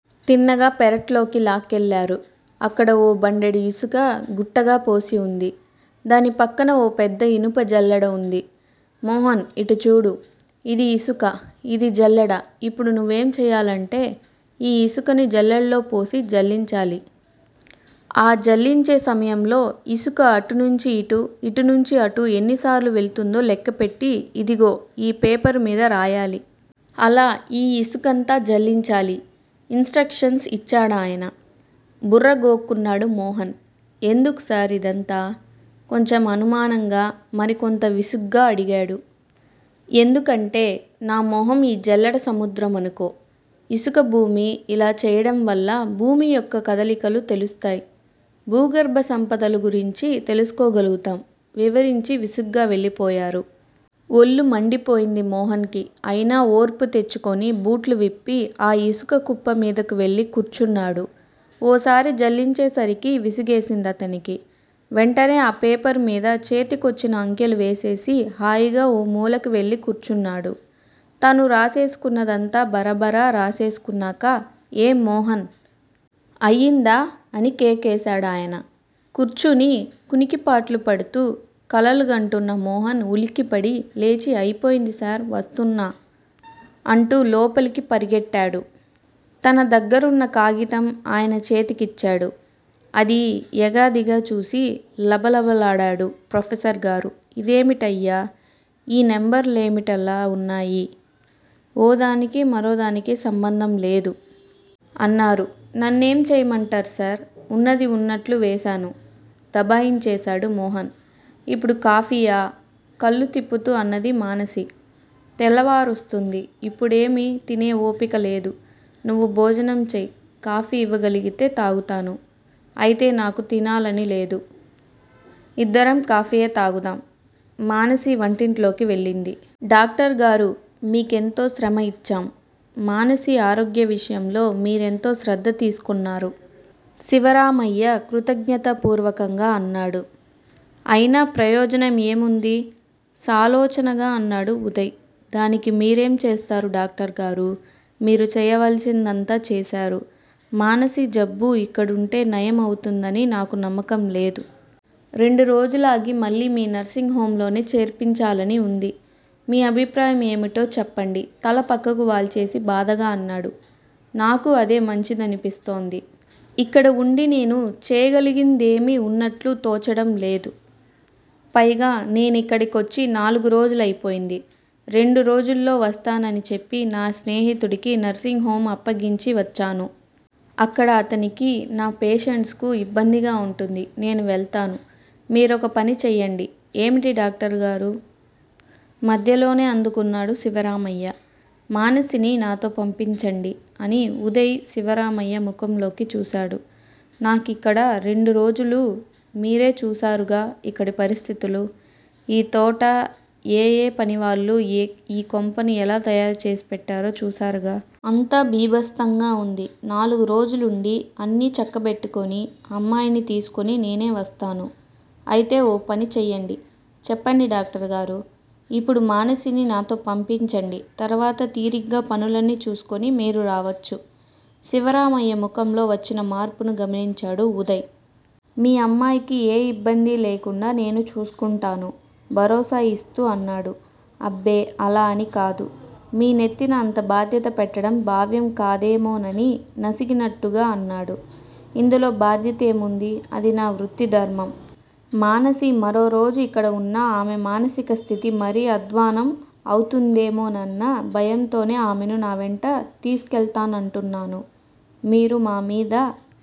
తిన్నగా పెరట్లోకి లాక్కెళ్ళారు. అక్కడ ఓ బండెడు ఇసుక గుట్టగాపోసి వుంది. దాని పక్కన ఓ పెద్ద ఇనుప జల్లెడ వుంది. మోహన్! ఇటుచూడు. యిది ఇసుక. ఇది జల్లెడ యిప్పుడు నువ్వేం చెయ్యాలంటే ఈ ఇసుకని జల్లెడలో పోసి జల్లించాలి. ఆ జల్లించే సమయంలో ఇసుక అటు నుంచి ఇటు, ఇటునుంచి అటు ఎన్నిసార్లు వెళుతుందో లెక్కపెట్టి యిదుగో ఈ పేపరుమీద రాయాలి. అలా ఈ ఇసుకంతా జల్లించాలి! ఇన్ స్ట్రక్షన్స్ యిచ్చాడాయన. బుర్రగోక్కున్నాడు మోహన్. ఎందుకుసార్ యిదంతా? కొంచెం అనుమానంగా, మరికొంత విసుగ్గా అడిగాడు. ఎందుకేంటి నామొహం ఈ జల్లెడ సముద్రమనుకో, యిసుకభూమి, యిలా చెయ్యడంవల్ల భూమి యొక్క కదలికలు తెలుస్తాయి. భూగర్భ సంపదలు గురించి తెలుసుకోగలుగుతాం! వివరించి విసుగ్గా వెళ్ళిపోయారు. ఒళ్ళు మండిపోయింది మోహన్ కి. అయినా ఓర్పు తెచ్చుకుని బూట్లువిప్పి ఆ ఇసుక కుప్పమీదకి వెళ్ళి కూర్చున్నాడు. ఓసారి జల్లించేసరికి విసుగేసింది అతనికి. వెంటనే ఆ పేపరుమీద చేతికొచ్చిన అంకెలు వేసేసి హాయిగా ఓ మూలకి వెళ్ళికూర్చున్నాడు. తను రాసేసుకున్నదంతా బరబరా రాసేసుకున్నాక ఏం మోహన్! అయిందా అని కేకేశాడు ఆయన. కూర్చుని కునికిపాట్లుపడుతూ కలలుగంటున్న మోహన్ ఉలిక్కిపడి లేచి అయిపోయింది సార్ వస్తున్నా! అంటూ లోపలికి పరిగెట్టాడు. తన దగ్గరున్న కాగితం ఆయన చేతికిచ్చాడు. అది ఎగాదిగాచూసి లబలబలాడాడు ప్రొఫెసర్ గారు ఇదేమిటయ్యా! ఈ నెంబరులేమిటిలా వున్నాయి. ఓ దానికి మరో దానికి సంబంధంలేదు? అన్నారు. నన్ను ఏం చెయ్యమంటారుసార్! వున్నది వున్నట్లు వేశాను. దబాయించేశాడు మోహన్. ఇప్పుడు కాఫీయా? కళ్ళు తిప్పుతూ అన్నాది మానసి. తెల్లవారొస్తూంది. ఇప్పుడేమీ తినే ఓపిక లేదు. నువ్వు భోజనం చెయ్యి. కాఫీ ఇవ్వగలిగితే తాగుతాను. అయితే నాకూ తినాలనిలేదు. ఇద్దరం కాఫీయే తాగుదాం. మానసి వంటింట్లోకి వెళ్ళింది. డాక్టర్ గారూ! మీకెంతో శ్రమ ఇచ్చ్చాం. మానసి ఆరోగ్య విషయంలో మీరెంతో శ్రద్ధ తీసుకొన్నారు. శివరామయ్య కృతజ్ఞతా పూర్వకంగా అన్నాడు. అయినా ప్రయోజనం ఏముందీ? సాలోచనగా అన్నాడు ఉదయ్. దానికి మీరేం చేస్తారు డాక్టర్ గారూ. మీరు చెయ్యవలసినాదంతా చేశారు. మానసి జబ్బు ఇక్కడుంటే నయం అవుతుందని నాకు నమ్మకంలేదు. రెండురోజులాగి మళ్ళీ మీ నర్సింగ్ హొంలోనే చేర్పించాలని వుంది. మీ అభిప్రాయం ఏమిటో చెప్పండి తల పక్కకు వాల్చేసి బాధగా అన్నాడు. నాకూ అదే మంచిదనిపిస్తోంది. ఇక్కడ వుండి నేను చేయగలిగిందేమీవున్నట్టు తోచడంలేదు. పైగానేనిక్కడకొచ్చి నాలుగురోజులైపోయింది. రెండు రోజుల్లో వస్తానని చెప్పి నా స్నేహితుడికి నర్సింగ్ హొం అప్పగించి వచ్చాను. అక్కడ అతనికీ, నా పేషెంట్సుకూ ఇబ్బందిగా వుంటుంది. నేను వెళ్తాను. మీరొక పని చెయ్యండి ఏమిటి డాక్టర్ గారూ! మధ్యలోనే అందుకున్నాడు శివరామయ్య. మానసిని నాతో పంపించండి అని ఉదయ్ శివరామయ్య ముఖంలోకి చూశాడు. నాకిక్కడ రెండురోజుల మీరే చూశారుగా ఇక్కడి పరిస్థితులు? ఈ తోటా ఏఎ పనివాళ్ళూ ఈ కొంపను ఎలా తయారు చేసి పెట్టారో చూశారుగా. అంతా భీభత్సంగా ఉంది! నాలుగురోజులుండి, అన్నీ చక్కబెట్టుకొని, అమ్మాయిని తీసుకొని నేనే వస్తాను. అయితే ఓ పని చెయ్యండి చెప్పండి డాక్టర్ గారూ! ఇప్పుడు మానసిని నాతో పంపించండి తర్వాత తీరిగ్గా పనులన్నీ చూసుకొని మీరు రావచ్చు. శివరామయ్య ముఖంలో వచ్చిన మార్పును గమనించాడు ఉదయ్. మీ అమ్మాయికి ఏ ఇబ్బందీ లేకుండా నేను చూసుకుంటాను భరోసా ఇస్తూ అన్నాడు. అబ్బే అలా అనికాదు. మీ నెత్తిన అంత బాధ్యత పెట్టడం భావ్యం కాదేమోనని నసిగినట్టుగా అన్నాడు. ఇందులో భాధ్యతేముంది అది నా వృత్తిధర్మం. మానసి మరో రోజు ఇక్కడ వున్నా ఆమె మానసిక స్థితి మరీ అధ్వాన్నం అవుతుందేమోనన్న భయంతోనే ఆమెను నావెంట తీసుకెళ్తానంటున్నాను. మీరు మామీద